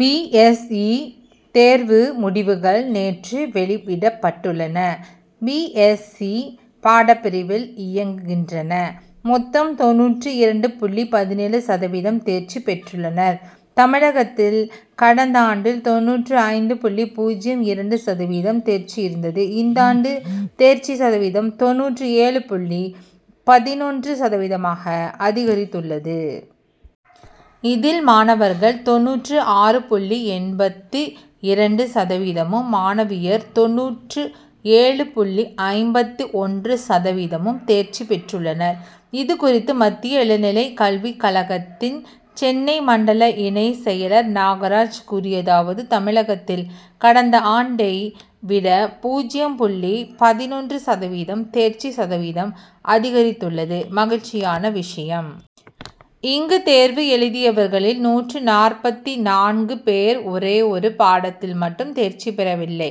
B. S. E. தேர்வு முடிவுகள் நேற்று வெளிவிடப்பட்டுள்ளன. பி. எஸ். இ. பாடப்பிரிவில் இயங்குகின்றன. மொத்தம் தொண்ணூற்று இரண்டு புள்ளி பதினேழு சதவீதம் தேர்ச்சி பெற்றுள்ளனர். தமிழகத்தில் கடந்தாண்டில் தொண்ணூற்று ஐந்து புள்ளி பூஜ்யம் இரண்டு சதவீதம் தேர்ச்சி இருந்தது. இந்தாண்டு தேர்ச்சி சதவீதம் தொண்ணூற்று ஏழு புள்ளி பதினொன்று சதவீதமாக அதிகரித்துள்ளது. இதில் மாணவர்கள் தொண்ணூற்று ஆறு புள்ளி எண்பத்து இரண்டு சதவீதமும் மாணவியர் தொண்ணூற்று ஏழு புள்ளி ஐம்பத்து ஒன்று சதவீதமும் தேர்ச்சி பெற்றுள்ளனர். இது குறித்து மத்திய இளநிலை கல்விக் கழகத்தின் சென்னை மண்டல இணைச் செயலர் நாகராஜ் கூறியதாவது தமிழகத்தில் கடந்த ஆண்டை விட பூஜ்யம் புள்ளி பதினொன்று சதவீதம் தேர்ச்சி சதவீதம் அதிகரித்துள்ளது மகிழ்ச்சியான விஷயம். இங்கு தேர்வு எழுதியவர்களில் நூற்று நாற்பத்து நான்கு பேர் ஒரேயொரு பாடத்தில் மட்டும் தேர்ச்சி பெறவில்லை.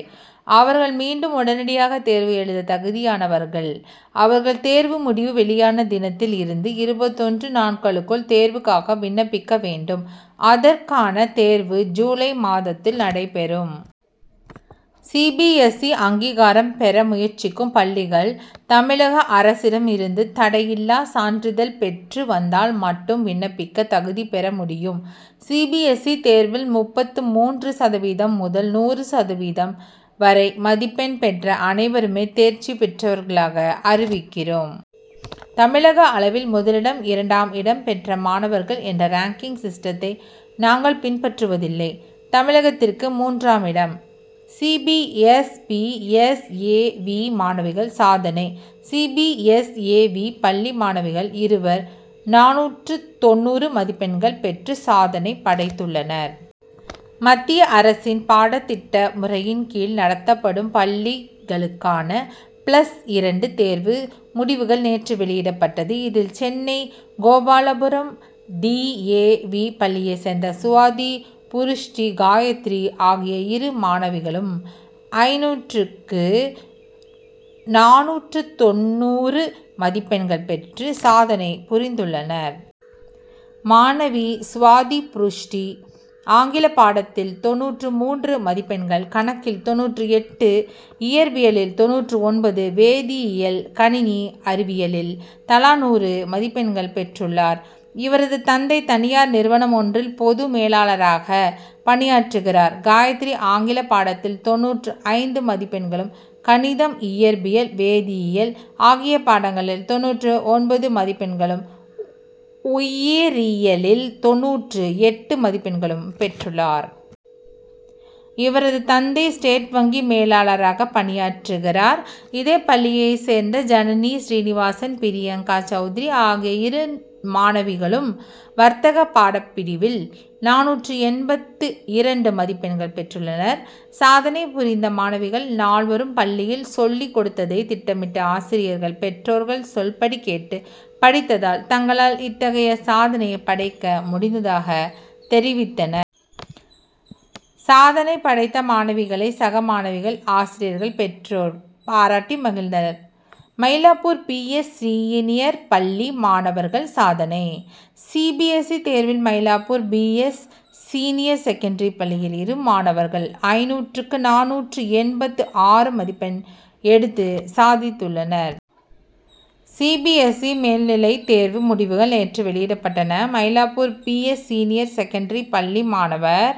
அவர்கள் மீண்டும் உடனடியாக தேர்வு எழுத தகுதியானவர்கள். அவர்கள் தேர்வு முடிவு வெளியான தினத்தில் இருந்து இருபத்தொன்று நாட்களுக்குள் தேர்வுக்காக விண்ணப்பிக்க வேண்டும். அதற்கான தேர்வு ஜூலை மாதத்தில் நடைபெறும். சி. பி. எஸ். இ. அங்கீகாரம் பெற முயற்சிக்கும் பள்ளிகள் தமிழக அரசிடம் இருந்து தடையில்லா சான்றிதழ் பெற்று வந்தால் மட்டும் விண்ணப்பிக்க தகுதி பெற முடியும். சி. பி. எஸ். இ. தேர்வில் முப்பத்து மூன்று சதவீதம் முதல் நூறு சதவீதம் வரை மதிப்பெண் பெற்ற அனைவருமே தேர்ச்சி பெற்றவர்களாக அறிவிக்கிறோம். தமிழக அளவில் முதலிடம் இரண்டாம் இடம் பெற்ற மாணவர்கள் என்ற ரேங்க்கிங் சிஸ்டத்தை நாங்கள் பின்பற்றுவதில்லை. தமிழகத்திற்கு மூன்றாமிடம் C. B. S. P. S. A. V. மாணவிகள் சாதனை C. B. S. A. V. பள்ளி மாணவிகள் இருவர் நானூற்று தொண்ணூறு மதிப்பெண்கள் பெற்று சாதனை படைத்துள்ளனர். மத்திய அரசின் பாடத்திட்ட முறையின் கீழ் நடத்தப்படும் பள்ளிகளுக்கான பிளஸ் இரண்டு தேர்வு முடிவுகள் நேற்று வெளியிடப்பட்டது. இதில் Chennai Gopalapuram D. A. V. பள்ளியை சேர்ந்த சுவாதி புருஷ்டி காயத்ரி ஆகிய இரு மாணவிகளும் ஐநூற்றுக்கு நானூற்று தொண்ணூறு மதிப்பெண்கள் பெற்று சாதனை புரிந்துள்ளனர். மாணவி சுவாதி புருஷ்டி ஆங்கில பாடத்தில் தொண்ணூற்று மூன்று மதிப்பெண்கள் கணக்கில் தொண்ணூற்று எட்டு இயற்பியலில் தொண்ணூற்று ஒன்பது வேதியியல் கணினி அறிவியலில் தலா நூறு மதிப்பெண்கள் பெற்றுள்ளார். இவரது தந்தை தனியார் நிறுவனம் ஒன்றில் பொது மேலாளராக பணியாற்றுகிறார். காயத்ரி ஆங்கில பாடத்தில் தொண்ணூற்று ஐந்து மதிப்பெண்களும் கணிதம் இயற்பியல் வேதியியல் ஆகிய பாடங்களில் தொண்ணூற்று ஒன்பது மதிப்பெண்களும் உயிரியலில் தொண்ணூற்று எட்டு மதிப்பெண்களும் பெற்றுள்ளார். இவரது தந்தை ஸ்டேட் வங்கி மேலாளராக பணியாற்றுகிறார். இதே பள்ளியை சேர்ந்த ஜனனி ஸ்ரீனிவாசன் பிரியங்கா சவுத்ரி ஆகிய இரு மாணவிகளும் வர்த்தக பாடப்பிரிவில் நானூற்று எண்பத்து இரண்டு மதிப்பெண்கள் பெற்றுள்ளனர். சாதனை புரிந்த மாணவிகள் நால்வரும் பள்ளியில் சொல்லி கொடுத்ததை திட்டமிட்டு ஆசிரியர்கள் பெற்றோர்கள் சொல்படி கேட்டு படித்ததால் தங்களால் இத்தகைய சாதனையை படைக்க முடிந்ததாக தெரிவித்தனர். சாதனை படைத்த மாணவிகளை சக மாணவிகள் ஆசிரியர்கள் பெற்றோர் பாராட்டி மகிழ்ந்தனர். மயிலாப்பூர் பி. எஸ். சீனியர் பள்ளி மாணவர்கள் சாதனை சி. பி. எஸ். சி. தேர்வில் Mylapore P. S. Senior secondary பள்ளியில் இரு மாணவர்கள் ஐநூற்றுக்கு நானூற்று எண்பத்து ஆறு மதிப்பெண் எடுத்து சாதித்துள்ளனர். சி. பி. எஸ். சி. மேல்நிலை தேர்வு முடிவுகள் நேற்று வெளியிடப்பட்டன. Mylapore P. S. Senior secondary பள்ளி மாணவர்